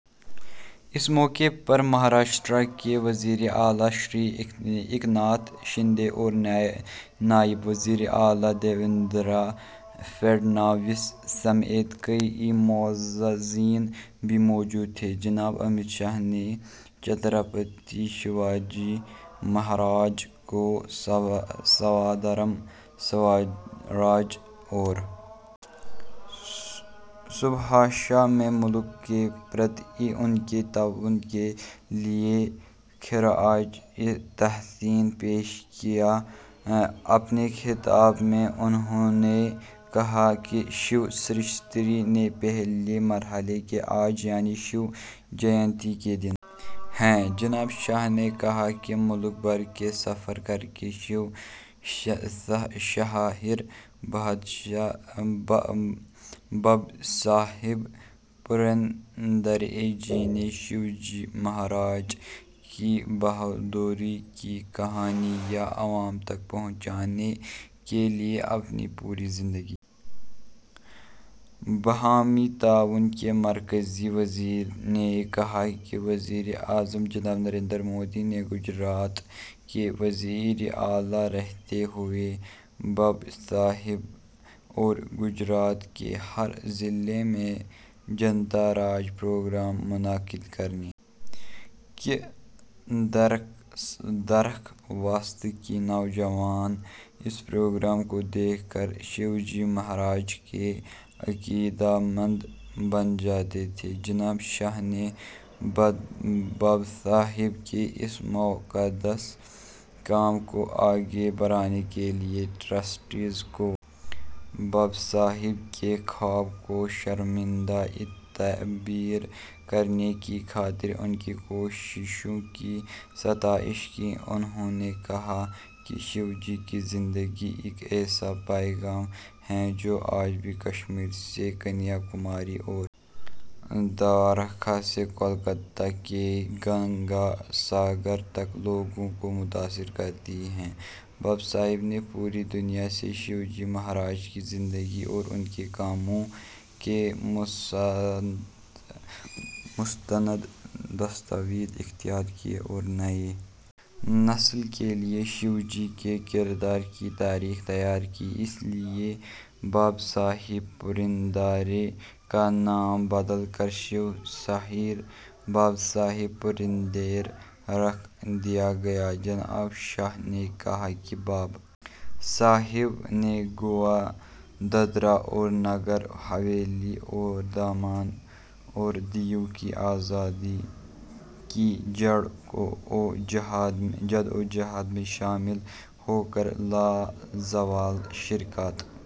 اس موقع پر مہاراشٹر کے وزیر اعلی شری ایکناتھ شندے اور نائب وزیر اعلیٰ دیویندر فڑنویس سمیت کئی معززین بھی موجود تھے جناب امت شاہ نے چھترپتی شیواجی مہاراج کو سودھرم سوراج اور سوبھاشا میں ملک کے تئیں ان کے تعاون کے لیے خراج تحسین پیش کیا اپنے خطاب میں انہوں نے کہا کہ شیو سرشتی کے پہلے مرحلے کا آج یعنی شیو جینتی کے دن ہیں جناب شاہ نے کہا کہ ملک بھر کا سفر کر کے شیو شاہیر بابا صاحب پورندرے جی نے شیواجی مہاراج کی بہادری کی کہانیاں عوام تک پہنچانے کے لیے اپنی پوری زندگی باہمی تعاون کے مرکزی وزیر نے کہا کہ وزیر اعظم جناب نریندر مودی نے گجرات کے وزیر اعلیٰ رہتے ہوئے بابا صاحب سے گجرات کے ہر ضلع میں جنتا راجہ پروگرام منعقد کرنے کی درخواست کی نوجوان اس پروگرام کو دیکھ کر شیواجی مہاراج کے عقیدت مند بن جاتے تھے جناب شاہ نے بابا صاحب کے اس مقدس کام کو آگے بڑھانے کے لیے ٹرسٹیوں کو بابا صاحب کے شرمندہ تعبیر کرنے کی خاطر ان کی کوششوں کی ستائش کی انہوں نے کہا کہ شیواجی کی زندگی ایک ایسا پیغام ہے جو آج بھی کشمیر سے کنیا کماری اور دوارکا سے کلکتہ کے گنگا ساگر تک لوگوں کو متاثر کرتی ہے بابا صاحب نے پوری دنیا سے شیواجی مہاراج کی زندگی اور ان کے کاموں کے مستند دستاویز اکٹھے کیے اور نئی نسل کے لیے شیوا کے کردار کی تاریخ تیار کی اسی لیے بابا صاحب پورندرے کا نام بدل کر شیو شاہیر بابا صاحب پورندرے رکھ دیا گیا جناب شاہ نے کہا کہ بابا صاحب نے گوا دادرا اور نگر حویلی اور دمن اور دیو کی آزادی کی جدوجہد میں شامل ہو کر لازوال شراکت